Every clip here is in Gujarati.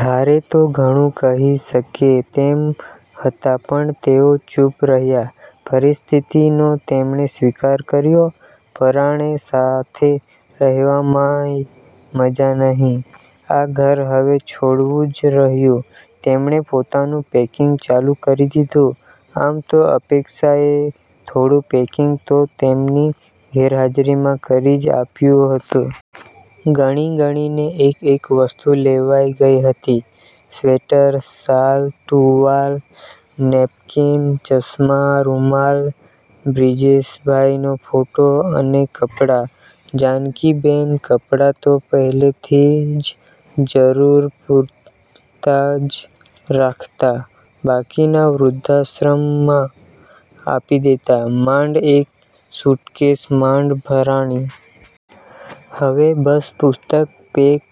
ધારે તો ઘણું કહી શકે તેમ હતા પણ તેઓ ચૂપ રહ્યાં. પરિસ્થિતિનો તેમણે સ્વીકાર કર્યો. પરાણે સાથે રહેવામાંય મજા નહીં. આ ઘર હવે છોડવું જ રહ્યું. તેમણે પોતાનું પેકીંગ ચાલું કરી દીધું. આમ તો અપેક્ષાએ થોડું પેકિંગ તો તેમની ગેરહાજરીમાં કરી જ આપ્યું હતું. ગણી-ગણીને એકેક વસ્તુ લેવાઈ ગઈ હતી. સ્વેટર, શાલ, ટુવાલ, નેપકીન, ચશ્મા, રુમાલ, બ્રીજેશભાઇનો ફોટો, અને કપડાં. જાનકીબેન કપડાં તો પહેલેથી જ જરુર પૂરતા જ રાખતા, બાકીના વૃધ્ધાશ્રમમાં આપી દેતા. માંડ એક સુટ્કેશ માંડ ભરાણી. હવે બસ પુસ્તક પેક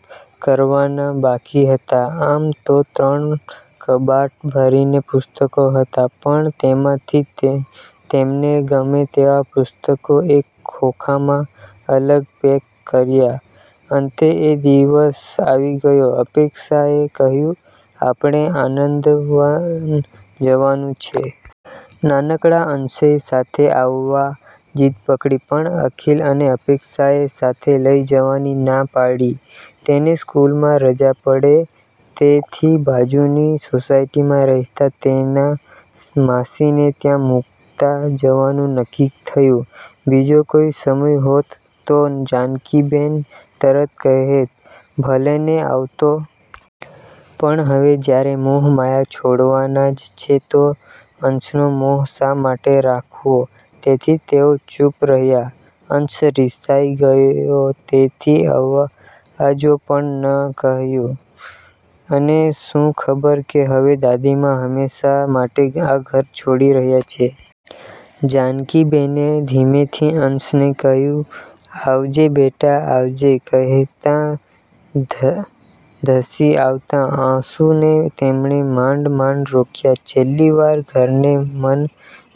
કરવાના બાકી હતા. આમ તો ત્રણ કબાટ ભરીને પુસ્તકો હતા, પણ તેમાંથી તેમને ગમે તેવા પુસ્તકો એક ખોખામાં અલગ પેક કર્યાં. અંતે એ દિવસ આવી ગયો. અપેક્ષાએ કહ્યું, "આપણે આનંદવન જવાનું છે." નાનકડા અંશેય સાથે આવવા જીદ પકડી, પણ અખિલ અને અપેક્ષાએ સાથે લઈ જવાની ના પાડી. તેને સ્કૂલમાં રજા પડે તેથી બાજુની સોસાયટીમાં રહેતા તેના માસીને ત્યાં મૂકતા જવાનું નક્કી થયું. બીજો કોઇ સમય હોત તો જાનકીબેન તરત કહેત ભલેને આવતો. પણ હવે જ્યારે મોહ માયા છોડવાના જ છે તો અંશનો મોહ શા માટે રાખવો. તેથી તેઓ ચૂપ રહ્યાં. અંશ રિસાઇ ગયો તેથી આવજો પણ ન કહ્યું. એને શું ખબર કે હવે દાદીમા હંમેશ માટે આ ઘર છોડી રહ્યાં છે. જાનકીબેને ધીમેથી અંશને કહ્યું, "આવજે બેટા." આવજે કહેતા ધસી આવતા આંસુને તેમણે માંડ-માંડ રોક્યા. છેલ્લી વાર ઘરને મન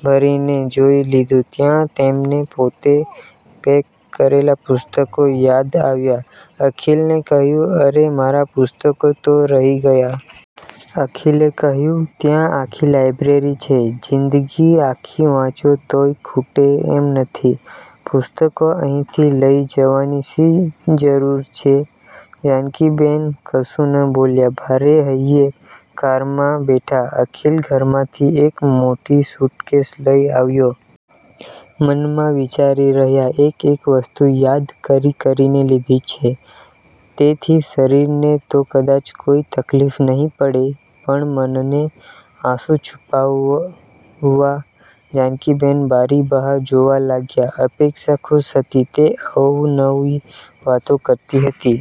ભરી ને જોઈ લીધું. ત્યાં તેમને પોતે પેક કરેલા પુસ્તકો યાદ અવ્યા. અખિલને કહ્યું, "અરે મારા પુસ્તકો તો રહી ગયા." અખિલે કહ્યું, "ત્યાં આખી લાયબ્રેરી છે. જીંદગી આખી વાંચો તોય ખૂટે એમ નથી. પુસ્તકો અહીંથી લઇ જવાની શી જરુર છે?" જાનકીબેન કશું ન બોલ્યા, ભારે હૈયે કારમાં બેઠા. અખિલ ઘરમાંથી એક મોટી સૂટકેશ લઇ આવ્યો. મનમાં વિચારી રહ્યાં, એક-એક વસ્તુ યાદ કરી-કરીને લીધી છે, તેથી શરીરને તો કદાચ કોઈ તકલીફ નહીં પડે, પણ મનને, આંસું છૂપાવવા જાનકીબેન બારી બહાર જોવા લાગ્યા. અપેક્ષા ખુશ હતી. તે અવનવી વાતો કરતી હતી.